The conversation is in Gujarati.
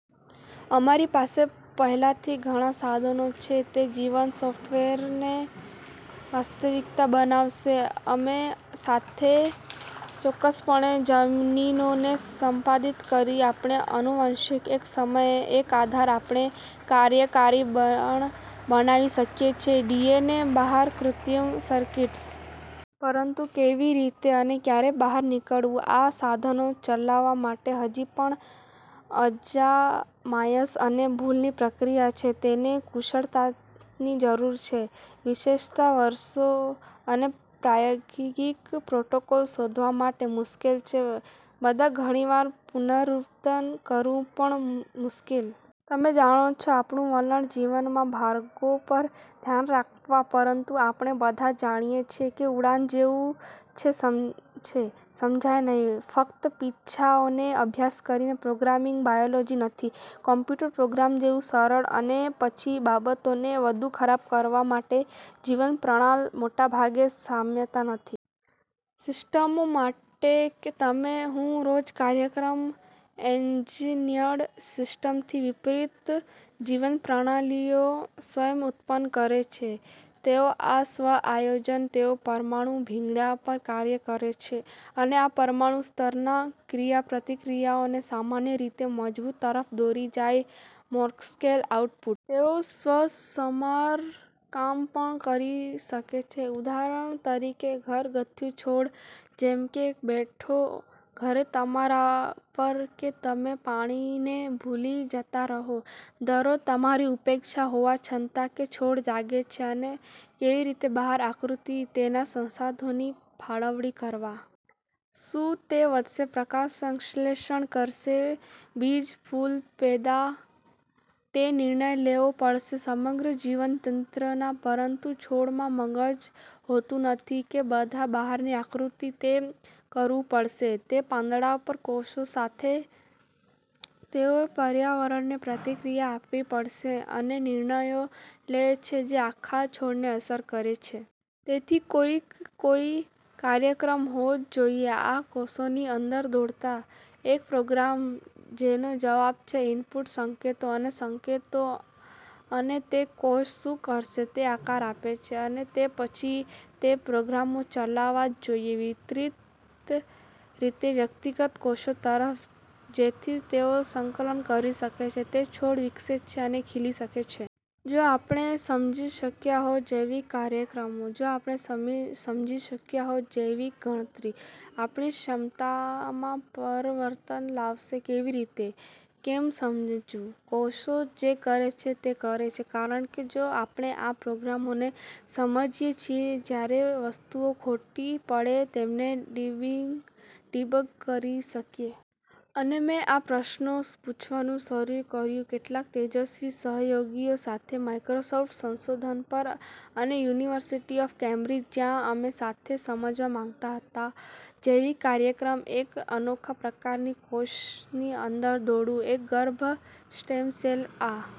અમારી પાસે પહેલાથી ઘણા સાધનો છે તે જીવંત સફ્ટવેરને વાસ્તવિકતા બનાવશે. અમે સાથે ચોક્કસપણે જનીનોને સંપાદિત કરી આપણે આનુવંશિક એક સમયે એક આધાર આપણે કાર્યકારી પણ બનાવી શકીએ છીએ. ડીએનએ બહાર કૃત્રિમ સર્કિટ્સ. પરંતુ કેવી રીતે અને ક્યારે બહાર નીકળવું આ સાધનો ચલાવવા માટે હજી પણ અજમાયશ અને ભૂલની પ્રક્રિયા છે. તેને કુશળતાની જરૂર છે, વિશેષતા વર્ષો અને પ્રાયોગિક પ્રોટોકોલ શોધવા માટે મુશ્કેલ છે. બધા ઘણી વાર, પુનરુત્પાદન કરવું મુશ્કેલ. તમે જાણો છો, આપણું વલણ જીવનમાં ભાગોં પર ઘ્યાન રાખવા, પરંતુ આપણે બધા જાણીએ છીએ કે ઉડાન જેવું છે, સમજાય નહીં. ફક્ત પીછાઓનો અભ્યાસ કરીને. પ્રોગ્રામિંગ બાયોલોજી નથી કમ્પ્યુટર પ્રોગ્રામ જેવુ સરળ અને પછી બાબતોને વધુ ખરાબ કરવા માટે, જીવંતપ્રણાલ મોટાભાગે સામ્યતા નથી. સિસ્ટમો માટે કે તમે, હું રોજ કાર્યક્રમ. એન્જિનિયર્ડ સિસ્ટમ્સથી વિપરીત, જીવંત પ્રણાલીઓ સ્વયં ઉત્પન્ન કરે છે, તેઓ સ્વ આયોજન, તેઓ પરમાણુ ભીંગડા પર કાર્ય કરે છે. અને આ પરમાણુ સ્તરના ક્રિયાપ્રતિક્રિયાઓ સામાન્ય રીતે મજબૂત તરફ દોરી જાય છે મેક્રોસ્કેલ આઉટપુટ. તેઓ સ્વસમારકામ પણ કરી શકે છે. ઉદાહરણ તરીકે ઘરગથ્થુ છોડ, જેમ કે એક બેઠો ઘરે તમારા પર કે તમે પાણીને ભૂલી જતા રહો. દરરોજ, તમારી ઉપેક્ષા હોવા છતાં, કે છોડ જાગે છે અને કેવી રીતે બહાર આકૃતિ તેના સંસાધનોની ફાળવણી કરવા. શું તે વધશે, પ્રકાશસંશ્લેષણ કરશે, બીજ ફૂલ પેદા, તે નિર્ણય લેવો પડશે સમગ્ર જીવતંત્રના પરંતુ છોડમાં મગજ હોતું નથી કે બધા બહાર આકૃતિ તે કરવું પડશે તેના પાંદડા પર કોષો સાથે. તેઓએ પર્યાવરણને પ્રતિક્રિયા આપવી પડશે અને નિર્ણયો લે છે જે આખા છોડને અસર કરે છે. તેથી કોઈક કોઈ કાર્યક્રમ હોવો જ જોઇએ આ કોષોની અંદર દોડતા, એક પ્રોગ્રામ જેનો જવાબ છે ઇનપુટ સંકેતો અને સંકેતો અને તે કોષ શું કરશે તે આકાર આપે છે. અને તે પછી તે પ્રોગ્રામો ચલાવવા જ જોઇએ વિતરિત રીતે વ્યક્તિગત કોષો તરફ, જેથી તેઓ સંકલન કરી શકે, તે છોડ વિકસે છે અને ખીલી શકે છે. જો આપણે સમજી શક્યા હોત જૈવિક કાર્યક્રમો, જો આપણે સમજી શક્યા હોત જૈવિક ગણતરી, આપણી ક્ષમતામાં પરવર્તન લાવશે કેવી રીતે, કૅમ સમજવું ?કોષો જે કરે છે તે કરે છે. કારણ કે, જો આપણે આ પ્રોગ્રામોને સમજીએ છીએ, જ્યારે વસ્તુઓ ખોટી પડે તેમને ડિબગ કરી શકીએ. અને મેં આ પ્રશ્નો પૂછવાનું શરૂ કર્યું કેટલાક તેજસ્વી સહયોગીઓ સાથે માઈક્રોસોફ્ટ સંશોધન પર અને યુનિવર્સિટી ઓફ કેમ્બ્રિજ, જ્યાં અમે સાથે સમજવા માંગતા હતા જૈવિક કાર્યક્રમ એક અનોખા પ્રકારનાં કોષની અંદર દોડવું: એક ગર્ભ સ્ટેમ સેલ. આ